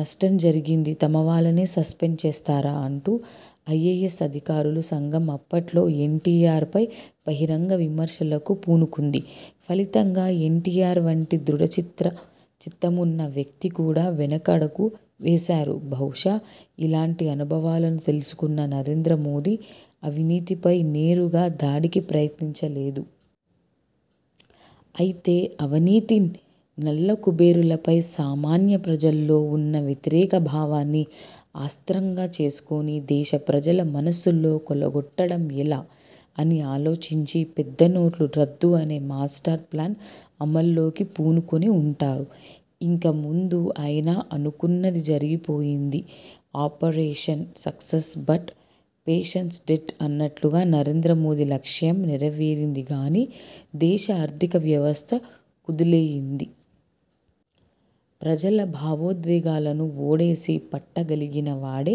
నష్టం జరిగింది. తమ వాళ్లనే సస్పెండ్ చేస్తారా? అంటూ ఐఏఎస్ అధికారుల సంఘం అప్పట్లో ఎన్ టి ఆర్ పై బహిరంగ విమర్శలకు పూనుకుంది. ఫలితంగా ఎన్ టి ఆర్ వంటి దృఢచిత్ర చిత్తం ఉన్న వ్యక్తి కూడా వెనకడుగు వేశారు. బహుశా ఇలాంటి అనుభవాలను తెలుసుకున్న నరేంద్ర మోదీ అవినీతిపై నేరుగా దాడికి ప్రయత్నించలేదు. అయితే అవినీతి, నల్లకుబేరులపై సామాన్య ప్రజలలో ఉన్న వ్యతిరేక భావాన్ని అస్త్రంగా చేసుకుని దేశ ప్రజల మనస్సులు కొల్లగొట్టడం ఎలా? అని ఆలోచించి పెద్దనోట్ల రద్దు అనే మాస్టర్ ప్లాన్ అమలలోకి పూనుకుని ఉంటారు. ఇంకేముంది ఆయన అనుకున్నది జరిగిపోయింది. Operation success but patients dead అన్నట్టుగా నరేంద్ర మోదీ లక్ష్యం నెరవేరింది గానీ దేశ ఆర్థిక వ్యవస్థ కుదలయ్యింది. ప్రజల భావోద్వేగాలను ఒడిసి పట్టగలిగిన వాడే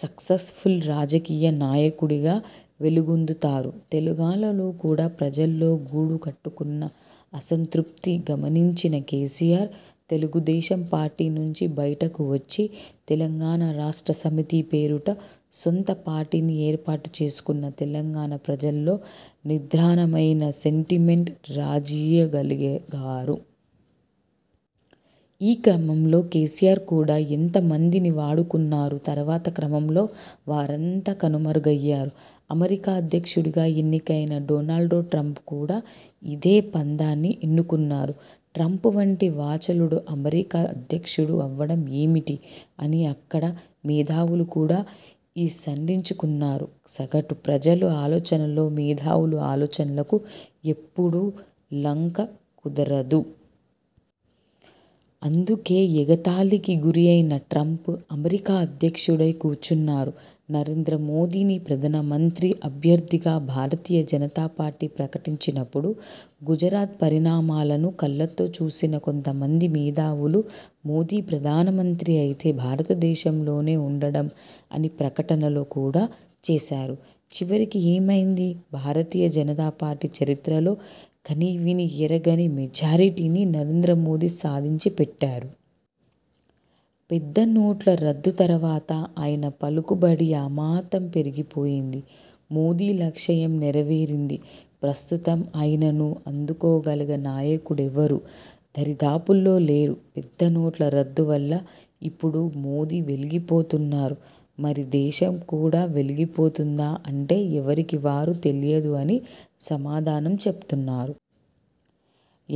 సక్సెస్ఫుల్ రాజకీయ నాయకుడిగా వెలుగొందుతారు. తెలుగాణలో కూడా ప్రజల్లో గూడు కట్టుకున్న అసంతృప్తిని గమనించిన కేసీఆర్, తెలుగుదేశం పార్టీ నుంచి బయటకు వచ్చి తెలంగాణ రాష్ట్ర సమితి పేరిట సొంత పార్టీని ఏర్పాటుచేసుకుని తెలంగాణ ప్రజలలో నిద్రాణమైన సెంటిమెంట్ రాజీయగలిగె గారు. ఈ క్రమంలో కేసీఆర్ కూడా ఎంత మందిని వాడుకున్నారు. తర్వాత క్రమంలో వారంతా కనుమరుగయ్యారు. అమెరికా అధ్యక్షుడిగా ఎన్నికైన డొనాల్డో ట్రంప్ కూడా ఇదే పంథాను ఎన్నుకున్నారు. ట్రంప్ వంటి వాచాలుడు అమెరికా అధ్యక్షుడు అవ్వడం ఏమిటి? అని అక్కడ మేధావులు కూడా ఈసడించుకున్నారు. సగటు ప్రజలు ఆలోచనలకు మేధావుల ఆలోచనలకు ఎప్పుడూ లంకె కుదరదు. అందుకే ఎగతాళికి గురైన ట్రంప్ అమెరికా అధ్యక్షుడై కూర్చున్నారు. నరేంద్ర మోదీని ప్రధనమంత్రి అభ్యర్థిగా భారతీయ జనతా పార్టీ ప్రకటించినప్పుడు గుజరాత్ పరిణామాలను కళ్లతో చూసిన కొంతమంది మేధావులు మోదీ ప్రధానమంత్రి అయితే 'భారతదేశంలోనే ఉండడం' అని ప్రకటనలు కూడా చేశారు. చివరకు ఏమైంది? భారతీయ జనతా పార్టీ చరిత్రలో కనీవినీ ఎరుగని మెజారిటీని నరేంద్ర మోదీ సాధించిపెట్టారు. పెద్ద నోట్ల రద్దు తర్వాత ఆయన పలుకుబడి అమాంతం పెరిగిపోయింది. మోదీ లక్ష్యయం నెరవేరింది. ప్రస్తుతం ఆయనను అందుకోగల నాయకుడెవ్వరూ దరిదాపుల్లో లేరు. పెద్ద నోట్ల రద్దు వల్ల ఇప్పుడు మోదీ వెలిగిపోతున్నారు. మరి దేశం కూడా వెలిగిపోతుందా? అంటే ఎవరికి వారు తెలియదు అని సమాధానం చెబుతున్నారు.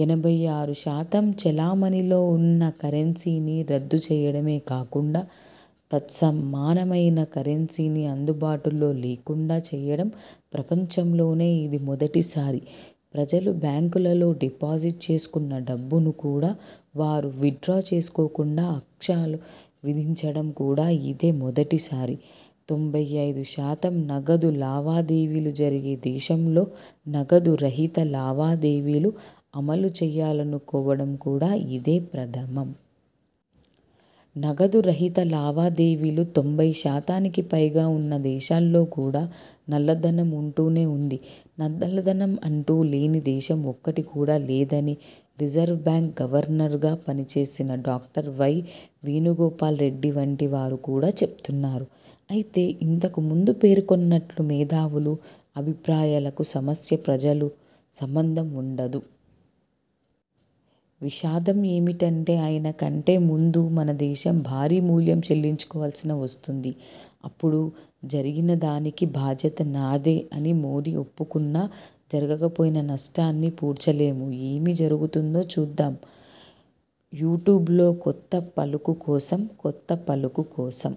ఎనభై ఆరు శాతం చలామణిలో ఉన్న కరెన్సీని రద్దు చేయడమే కాకుండా తత్సమానమైన కరెన్సీని అందుబాటులో లేకుండా చేయడం ప్రపంచంలోనే ఇది మొదటిసారి. ప్రజలు బ్యాంకులలో డిపాజిట్ చేసుకున్న డబ్బును కూడా వారు విత్ డ్రా చేసుకోకుండా ఆంక్షలు విధించడం కూడా ఇదే మొదటిసారి. తొంభై ఐదు శాతం నగదు లావాదేవీలు జరిగే దేశంలో నగదు రహిత లావాదేవీలు అమలు చేయాలనుకోవడం కూడా ఇదే ప్రథమం. నగదు రహిత లావాదేవీలు తొంభై శాతానికి పైగా ఉన్న దేశాలలో కూడా నల్లధనం ఉంటూనే ఉంది. నల్లధనం అంటూ లేని దేశం ఒక్కటి కూడా లేదని రిజర్వ్ బ్యాంకు గవర్నర్గా పనిచేసిన డాక్టర్ వై. వేణుగోపాల్ రెడ్డి వంటి వారు కూడా చెబుతున్నారు. అయితే ఇంతకు ముందే పేర్కొన్నట్లు మేధావుల అభిప్రాయాలకు, సామాన్య ప్రజలకు సంబంధం ఉండదు. విషాదం ఏమిటంటే ఆయన కంటే ముందు మన దేశం భారీ మూల్యం చెల్లించుకోవలసి వస్తుంది. అప్పుడు జరిగినదానికి బాధ్యత నాదే అని మోదీ ఒప్పుకొన్నా జరిగిపోయిన నష్టాన్ని పూడ్చలేం. ఏమి జరుగుతుందో చూద్దాం! యూట్యూబ్లో 'కొత్త పలుకు' కోసం 'కొత్త పలుకు' కోసం